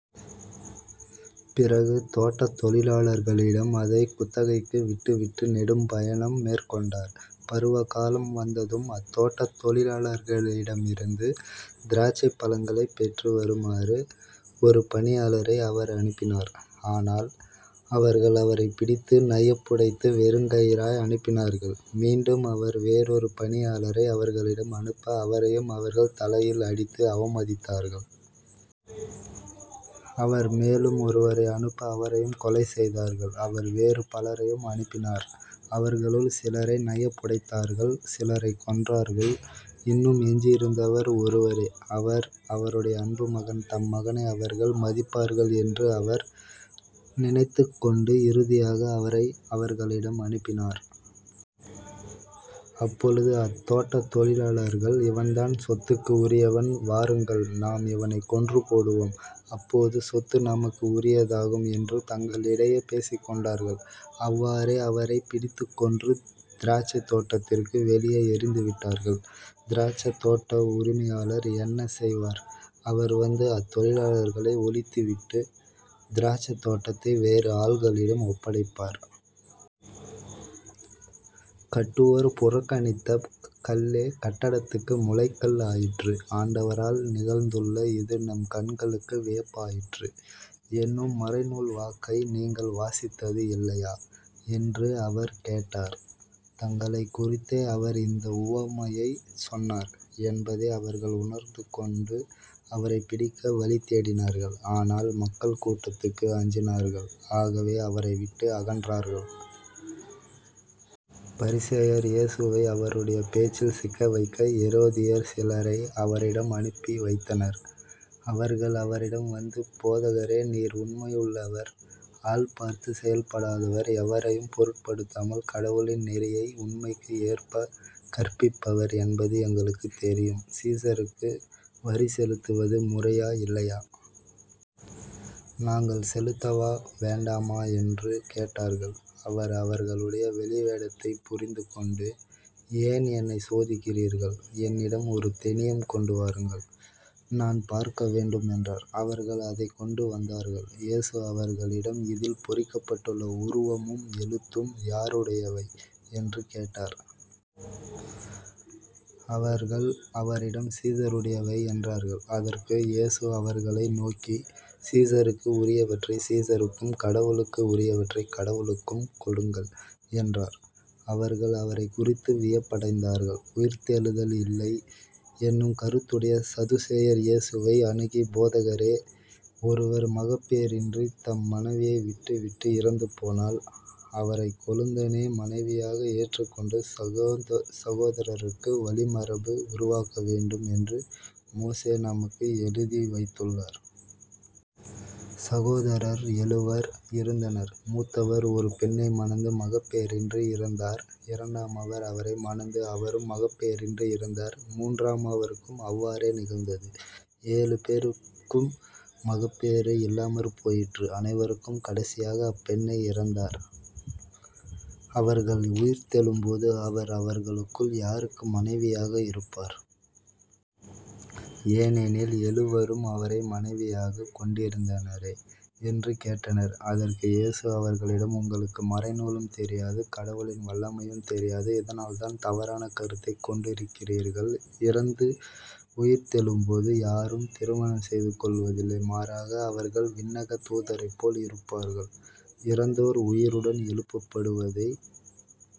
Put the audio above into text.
பிறகு தோட்டத் தொழிலாளர்களிடம் அதைக் குத்தகைக்கு விட்டுவிட்டு நெடும்பயணம் மேற்கொண்டார். பருவகாலம் வந்ததும் அத்தோட்டத் தொழிலாளர்களிடமிருந்து திராட்சைப் பழங்களைப் பெற்று வருமாறு ஒரு பணியாளரை அவர் அனுப்பினார். ஆனால் அவர்கள் அவரைப் பிடித்து நையப்புடைத்து வெறுங்கையராய் அனுப்பினார்கள். மீண்டும் அவர் வேறொரு பணியாளரை அவர்களிடம் அனுப்ப அவரையும் அவர்கள் தலையில் அடித்து அவமதித்தார்கள். அவர் மேலும் ஒருவரை அனுப்ப அவரையும் கொலை செய்தார்கள் அவர் வேறு பலரையும் அனுப்பினார். அவர்களுள் சிலரை நையப்புடைத்தார்கள் சிலரைக் கொன்றார்கள். இன்னும் எஞ்சியிருந்தவர் ஒருவரே. அவர் அவருடைய அன்பு மகன் தம்மகனை அவர்கள் மதிப்பார்கள் என்று அவர் நினைத்துக்கொண்டு இறுதியாக அவரை அவர்களிடம் அனுப்பினார். அப்பொழுது அத்தோட்டத் தொழிலாளர்கள் இவன்தான் சொத்துக்கு உரியவன் வாருங்கள் நாம் இவனைக் கொன்றுபோடுவோம். அப்போது சொத்து நமக்கு உரியதாகும் என்று தங்களிடையே பேசிக்கொண்டார்கள். அவ்வாறே அவரைப் பிடித்துக் கொன்று திராட்சைத் தோட்டத்திற்கு வெளியே எறிந்துவிட்டார்கள். திராட்சைத் தோட்ட உரிமையாளர் என்ன செய்வார்? அவர் வந்து அத்தொழிலாளர்களை ஒழித்துவிட்டுத் திராட்சைத் தோட்டத்தை வேறு ஆள்களிடம் ஒப்படைப்பார். கட்டுவோர் புறக்கணித்த கல்லே கட்டடத்துக்கு முலைக்கல் ஆயிற்று. ஆண்டவரால் நிகழ்ந்துள்ள இது நம் கண்களுக்கு வியப்பாயிற்று என்னும் மறைநூல் வாக்கை நீங்கள் வாசித்தது இல்லையா? என்று அவர் கேட்டார். தங்களைக் குறித்தே அவர் இந்த உவமையைச் சொன்னார் என்பதை அவர்கள் உணர்ந்துகொண்டு அவரைப் பிடிக்க வழிதேடினார்கள் ஆனால் மக்கள் கூட்டத்துக்கு அஞ்சினார்கள் ஆகவே அவரை விட்டு அகன்றார்கள். பரிசேயர் இயேசுவை அவருடைய பேச்சில் சிக்கவைக்க ஏரோதியர் சிலரை அவரிடம் அனுப்பி வைத்தனர். அவர்கள் அவரிடம் வந்து போதகரே நீர் உண்மையுள்ளவர் ஆள் பார்த்துச் செயல்படாதவர் எவரையும் பொருட்படுத்தாமல் கடவுளின் நெறியை உண்மைக்கு ஏற்பக் கற்பிப்பவர் என்பது எங்களுக்குத் தெரியும். சீசருக்கு வரிசெலுத்துவது முறையா இல்லையா? நாங்கள் செலுத்தவா, வேண்டாமா? என்று கேட்டார்கள். அவர் அவர்களுடைய வெளிவேடத்தைப் புரிந்து கொண்டு ஏன் என்னைச் சோதிக்கிறீர்கள்? என்னிடம் ஒரு தெனியம் கொண்டுவாருங்கள். நான் பார்க்க வேண்டும் என்றார். அவர்கள் அதைக் கொண்டு வந்தார்கள். இயேசு அவர்களிடம் இதில் பொறிக்கப்பட்டுள்ள உருவமும் எழுத்தும் யாருடையவை? என்று கேட்டார். அவர்கள் அவரிடம் சீசருடையவை என்றார்கள். அதற்கு இயேசு அவர்களை நோக்கி சீசருக்கு உரியவற்றைச் சீசருக்கும் கடவுளுக்கு உரியவற்றைக் கடவுளுக்கும் கொடுங்கள் என்றார். அவர்கள் அவரைக் குறித்து வியப்படைந்தார்கள். உயிர்த்தெழுதல் இல்லை என்னும் கருத்துடைய சதுசேயர் இயேசுவை அணுகி போதகரே ஒருவர் மகப் பேறின்றித் தம் மனைவியை விட்டுவிட்டு இறந்துபோனால் அவரைக் கொழுந்தனே மனைவியாக ஏற்றுக்கொண்டு சகோதரருக்கு வழிமரபு உருவாக்கவேண்டும் என்று மோசே நமக்கு எழுதி வைத்துள்ளார். சகோதரர் எழுவர் இருந்தனர். மூத்தவர் ஒரு பெண்ணை மணந்து மகப்பேறின்றி இறந்தார். இரண்டாமவர் அவரை மணந்து அவரும் மகப்பேறின்றி இறந்தார். மூன்றாமவருக்கும் அவ்வாறே நிகழ்ந்தது. ஏழு பேருக்கும் மகப்பேறு இல்லாமற்போயிற்று. அனைவருக்கும் கடைசியாக அப்பெண்ணும் இறந்தார். அவர்கள் உயிர்த்தெழும் போது அவர் அவர்களுள் யாருக்கு மனைவியாக இருப்பார்? ஏனெனில் எழுவரும் அவரை மனைவியாகக் கொண்டிருந்தனரே. என்று கேட்டனர். அதற்கு இயேசு அவர்களிடம் உங்களுக்கு மறைநூலும் தெரியாது கடவுளின் வல்லமையும் தெரியாது. இதனால்தான் தவறான கருத்தைக் கொண்டிருக்கிறீர்கள். இறந்து உயிர்த்தெழும்போது யாரும் திருமணம் செய்து கொள்வதில்லை. மாறாக அவர்கள் விண்ணகத் தூதரைப்போல் இருப்பார்கள். இறந்தோர் உயிருடன் எழுப்பப்படுவதைப்